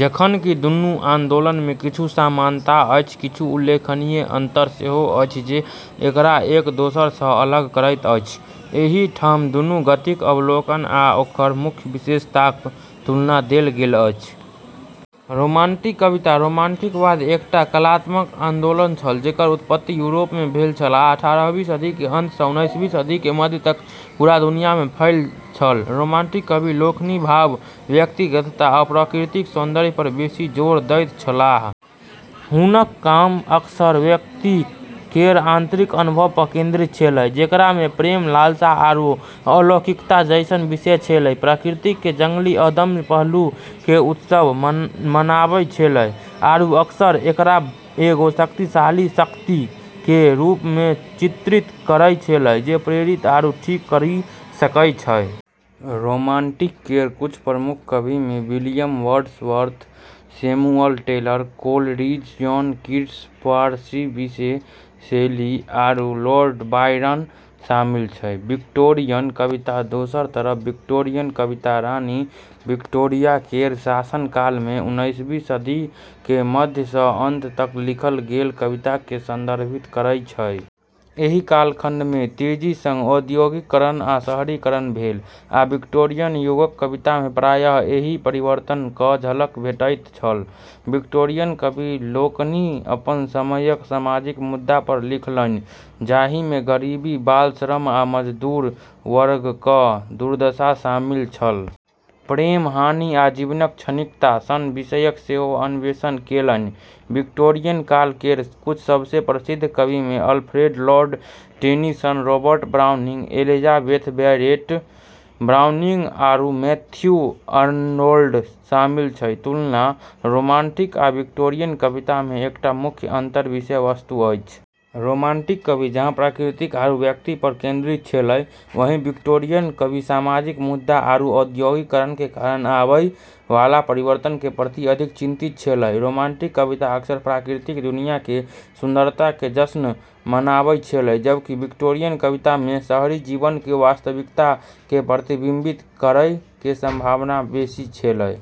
जखन कि दुनू आन्दोलन मे किछु समानता अछि, किछु उल्लेखनीय अंतर सेहो अछि जे एकरा एक दोसरा सँ अलग करैत अछि। एहि ठाम दुनू गतिक अवलोकन आ ओकर मुख्य विशेषताक तुलना देल गेल अछि। रोमांटिक कविता: रोमांटिकवाद एकटा कलात्मक आन्दोलन छल जेकर उत्पत्ति यूरोप मे भेल छल आ अठारहवीं सदी के अंत स उन्नीसवीं सदी के मध्य तक पूरा दुनिया में फैल छल। रोमांटिक कवि लोकनि भाव, व्यक्तिगतता, आ प्रकृतिक सौन्दर्य पर बेसी जोर दैत छलाह। हुनक काम अक्सर व्यक्ति केर आंतरिक अनुभव प केंद्रित छेलै, जेकरा मे प्रेम, लालसा, आरू अलौकिकता जैसन विषय छेलै। प्रकृति के जंगली, अदम्य पहलू के उत्सव मनाबै छेलै आरू अक्सर एकरा एगो शक्तिशाली शक्ति के रूप में चित्रित करै छेलै जे प्रेरित आरू ठीक करी सकै छै। रोमांटिक केर कुछ प्रमुख कविऽ मे William Wordsworth, Samuel Taylor Coleridge, John Keats, Percy Bysshe Shelley, आरू लॉर्ड बायरन शामिल छै। विक्टोरियन कविता: दोसर तरफ विक्टोरियन कविता रानी विक्टोरिया केर शासनकाल में, उन्नीसवीं सदी के मध्य स अंत तक लिखल गेल कविता के संदर्भित करै छै। एहि कालखंड मे तेजी सं औद्योगीकरण आ शहरीकरण भेल आ विक्टोरियन युगक कविता मे प्रायः एहि परिवर्तनक झलक भेटैत छल। विक्टोरियन कवि लोकनि अपन समयक सामाजिक मुद्दा पर लिखलनि जाहि मे गरीबी, बाल श्रम, आ मजदूर वर्गक दुर्दशा शामिल छल। प्रेम, हानि, आ जीवनक क्षणिकता सन विषयक सेहो अन्वेषण केलनि। विक्टोरियन काल केर कुछ सबसें प्रसिद्ध कविऽ मे Alfred Lord Tennyson, Robert Browning, Elizabeth Barrett Browning, आरू मैथ्यू अर्नोल्ड शामिल छै। तुलना: रोमांटिक आ विक्टोरियन कविता मे एकटा मुख्य अंतर विषय वस्तु अछि। रोमांटिक कवि जहाँ प्रकृति आरू व्यक्ति पर केंद्रित छेलै, वहीं विक्टोरियन कवि सामाजिक मुद्दा आरू औद्योगीकरण के कारण आबै वाला परिवर्तन के प्रति अधिक चिंतित छेलै। रोमांटिक कविता अक्सर प्राकृतिक दुनिया के सुंदरता के जश्न मनाबै छेलै, जबकि विक्टोरियन कविता में शहरी जीवन के वास्तविकता के प्रतिबिंबित करै के संभावना बेसी छेलै।